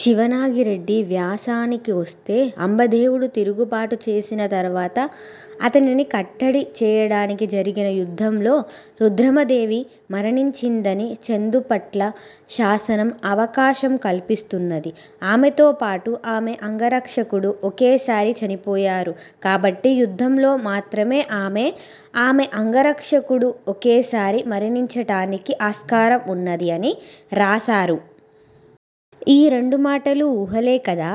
శివనాగిరెడ్డి వ్యాసానికొస్తే అంబదేవుడు తిరుగుబాటు చేసిన తరువాత అతనిని కట్టడి చేయడానికి జరిగిన యుద్ధంలో రుద్రమదేవి మరణించిందని చందుపట్ల శాసనం అవకాశం కల్పిస్తున్నది, ఆమెతో పాటు ఆమె అంగరక్షకుడు ఒకేసారి చనిపోయారు కాబట్టి యుద్ధంలో మాత్రమే ఆమె, ఆమె అంగరక్షకుడు ఒకేసారి మరణించటానికి ఆస్కారం ఉన్నది అని రాశారు. ఈ రెండు మాటలు ఊహలే కదా.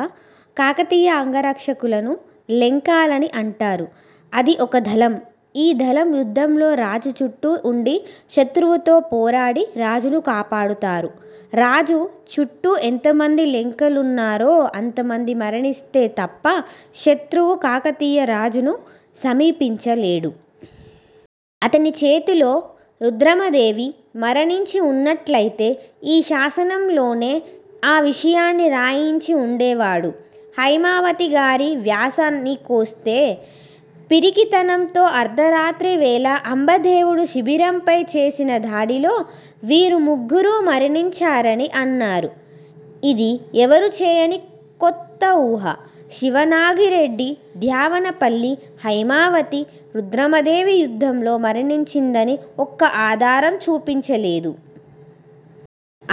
కాకతీయ అంగరక్షకులను లేంకలని అంటారు. అది ఒక దళం. ఈ దళం యుద్ధంలో రాజు చుట్టూ ఉండి శత్రువుతో పోరాడి రాజును కాపాడతారు. రాజు చుట్టూ ఎంతమంది లేంకలున్నారో అంతమంది మరణిస్తే తప్ప శత్రువు కాకతీయ రాజును సమీపించలేడు. అతని చేతిలో రుద్రమదేవి మరణించి ఉన్నట్లయితే ఈ శాసనంలోనే ఆ విషయాన్ని రాయించి ఉండేవాడు. హైమావతి గారి వ్యాసానికొస్తే 'పిరికితనంతో అర్ధరాత్రి వేళ అంబదేవుడు శిబిరంపై చేసిన దాడిలో వీరు ముగ్గురు మరణించార'ని అన్నారు. ఇది ఎవరూ చేయని కొత్త ఊహ. శివనాగిరెడ్డి, ద్యావనపల్లి, హైమావతి రుద్రమదేవి యుద్ధంలో మరణించిందని ఒక్క ఆధారం చూపించలేదు.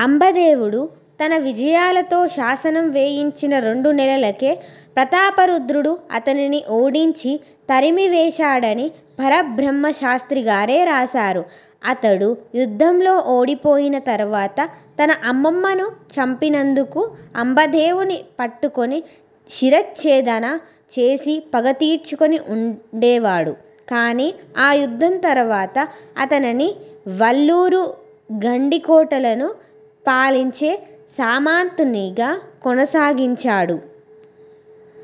అంబదేవుడు తన విజయాలతో శాసనం వేయించిన రెండు నెలలకే ప్రతాపరుద్రుడు అతనిని ఓడించి తరిమివేశాడని పరబ్రహ్మశాస్ర్తిగారే రాశారు. అతడు యుద్ధంలో ఓడిపోయిన తరువాత తన అమ్మమ్మను చంపినందుకు అంబదేవుని పట్టుకొని శిరచ్ఛేదన చేసి పగతీర్చుకుని ఉండేవాడు. కానీ ఆ యుద్ధం తరువాత అతనని వల్లూరు, గండికోటలను పాలించే సామంతునిగా కొనసాగించాడు.